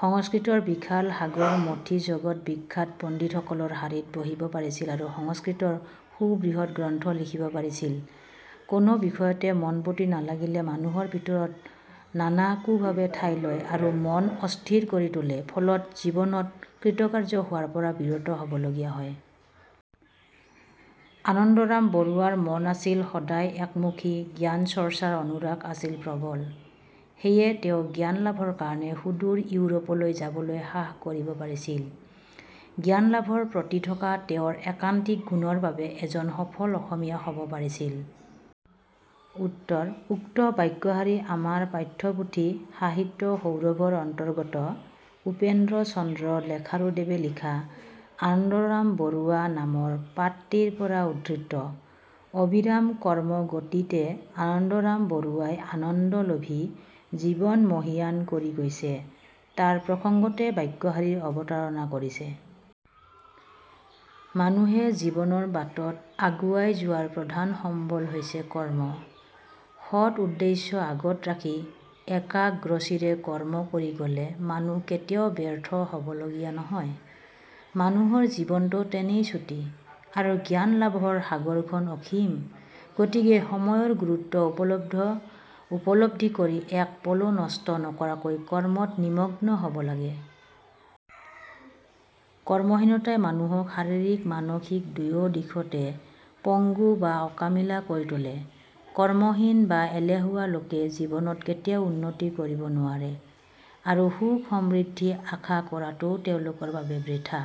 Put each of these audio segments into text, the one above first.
সংস্কৃতৰ বিশাল সাগৰ মথি জগত বিখ্যাত পণ্ডিত সকলৰ শাৰীত বহিব পাৰিছিল আৰু সংস্কৃতৰ সুবৃহৎ গ্ৰন্থ লিখিব পাৰিছিল। কোনো বিষয়তে মনপুতি নালাগিলে মানুহৰ ভিতৰত নানা কুভাৱে ঠাই লয় আৰু মন অস্থিৰ কৰি তোলে। ফলত জীৱনত কৃতকাৰ্য হোৱাৰ পৰা বিৰত হ'ব লগীয়া হয়। আনন্দৰাম বৰুৱাৰ মন আছিল সদায় একমুখী, জ্ঞান চৰ্চাৰ অনুৰাগ আছিল প্ৰবল। সেয়ে তেওঁ জ্ঞান লাভৰ কাৰণে সুদূৰ, ইউৰোপলৈ যাবলৈ সাহ কৰিব পাৰিছিল। জ্ঞান লাভৰ প্ৰতি থকা তেওঁৰ একান্তিক গুণৰ বাবে এজন সফল অসমীয়া হ'ব পাৰিছিল। উত্তৰ: উক্ত বাক্যশাৰী আমাৰ পাঠ্যপুথি 'সাহিত্য সৌৰভৰ অন্তৰ্গত্ উপেন্দ্ৰ চন্দ্ৰ লেখাৰু দেৱে লিখা 'আনন্দৰাম বৰুৱা" নামৰ পাঠটিৰ পৰা উদ্ধৃত। অবিৰাম কৰ্মগতিতে আনন্দৰাম বৰুৱাই আনন্দ লভি জীৱন মহীয়ান কৰি গৈছে; তাৰ প্ৰসংগতে বাক্যশাৰীৰ অৱতাৰণা কৰিছে। মানুহে জীৱনৰ বাটত আগুৱাই যোৱাৰ প্ৰধান সম্বল হৈছে কৰ্ম। সৎ উদ্দেশ্য আগত ৰাখি একাগ্ৰচিত্তে কৰ্ম কৰি গ'লে মানুহ কেতিয়াও ব্যৰ্থ হ'ব লগীয়া নহয়। মানুহৰ জীৱনটো তেনেই চুটি আৰু জ্ঞান লাভৰ সাগৰখন অসীম। গতিকে সময়ৰ গুৰুত্ব উপলব্ধি কৰি, এক পলো নষ্ট নকৰাকৈ কৰ্মত নিমগ্ন হ'ব লাগে। কৰ্মহীনতাই মানুহক শাৰীৰিক মানসিক দুয়োদিশতে পঙ্গু বা অকামিলা কৰি তোলে। কৰ্মহীন বা এলেহুৱা লোকে জীৱনত কেতিয়াও উন্নতি কৰিব নোৱাৰে আৰু সুখ-সমৃদ্ধি আশা কৰাটোও তেওঁলোকৰ বাবে বৃথা।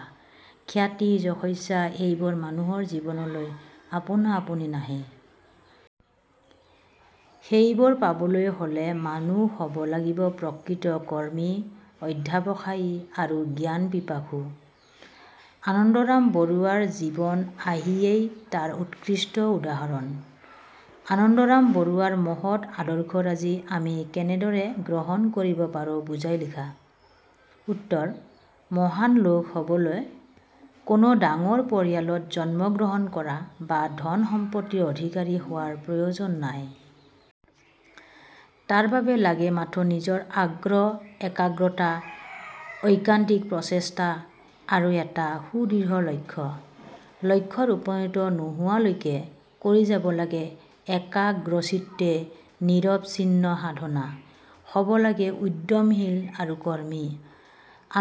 খ্যাতি, যশস্যা এইবোৰ মানুহৰ জীৱনলৈ আপোনা আপুনি নাহে। সেই বোৰ পাবলৈ হ'লে মানুহ হ'ব লাগিব প্ৰকৃত কৰ্মী, অধ্যবসায়ী আৰু জ্ঞান-পিপাসু। আনন্দৰাম বৰুৱাৰ জীৱন আহিয়েই তাৰ উৎকৃষ্ট উদাহৰণ। / আনন্দৰাম বৰুৱাৰ মহৎ আদৰ্শৰাজি আমি কেনেদৰে গ্ৰহণ কৰিব পাৰোঁ বুজাই লিখা। উত্তৰ: মহান লোক হ'বলে কোনো ডাঙৰ পৰিয়ালত জন্ম গ্ৰহণ কৰা বা ধন সম্পত্তিৰ অধিকাৰী হোৱাৰ প্ৰয়োজন নাই। তাৰ বাবে লাগে মাথো নিজৰ আগ্ৰহ, একাগ্ৰতা, ঐকান্তিক প্ৰচেষ্টা আৰু এটা সুদৃঢ় লক্ষ্য। লক্ষ্যত উপনীত নোহোৱালৈকে কৰি যাব লাগে একাগ্ৰচিত্তে, নিৰৱচিন্ন সাধনা। হ'ব লাগে উদ্যমশীল আৰু কৰ্মী।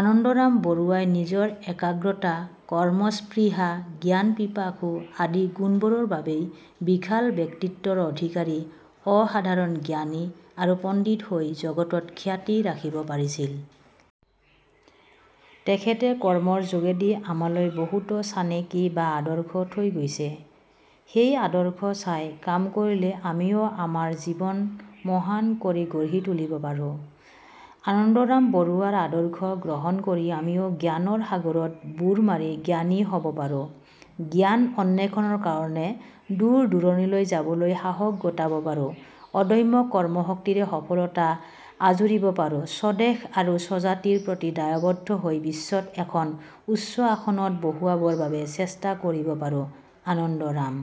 আনন্দৰাম বৰুৱাই নিজৰ একাগ্ৰতা, কৰ্মস্পৃহা, জ্ঞান-পিপাসু আদি গুণবোৰৰ বাবেই বিশাল ব্যক্তিত্বৰ অধিকাৰী, অসাধাৰণ জ্ঞানী আৰু পণ্ডিত হৈ জগতত খ্যাতি ৰাখিব পাৰিছিল। তেখেতে কৰ্মৰ যোগেদি আমালৈ বহুতো চানেকি বা আদৰ্শ থৈ গৈছে। সেই আদৰ্শ চাই কাম কৰিলে আমিও আমাৰ জীৱন মহান কৰি গঢ়ি তুলিব পাৰোঁ। আনন্দৰাম বৰুৱাৰ আদৰ্শ গ্ৰহণ কৰি আমিও জ্ঞানৰ সাগৰত বুৰ মাৰি জ্ঞানী হ'ব পাৰো, জ্ঞান অন্বেষণৰ কাৰণে দূৰ-দূৰণিলৈ যাবলৈ সাহস গোটাব পাৰো, অদম্য কৰ্মশক্তিৰে সফলতা আঁজুৰিব পাৰোঁ, স্বদেশ আৰু স্বজাতিৰ প্ৰতি দায়বদ্ধ হৈ বিশ্বত এখন উচ্চ আসনত বহুৱাবৰ বাবে চেষ্টা কৰিব পাৰোঁ। আনন্দৰাম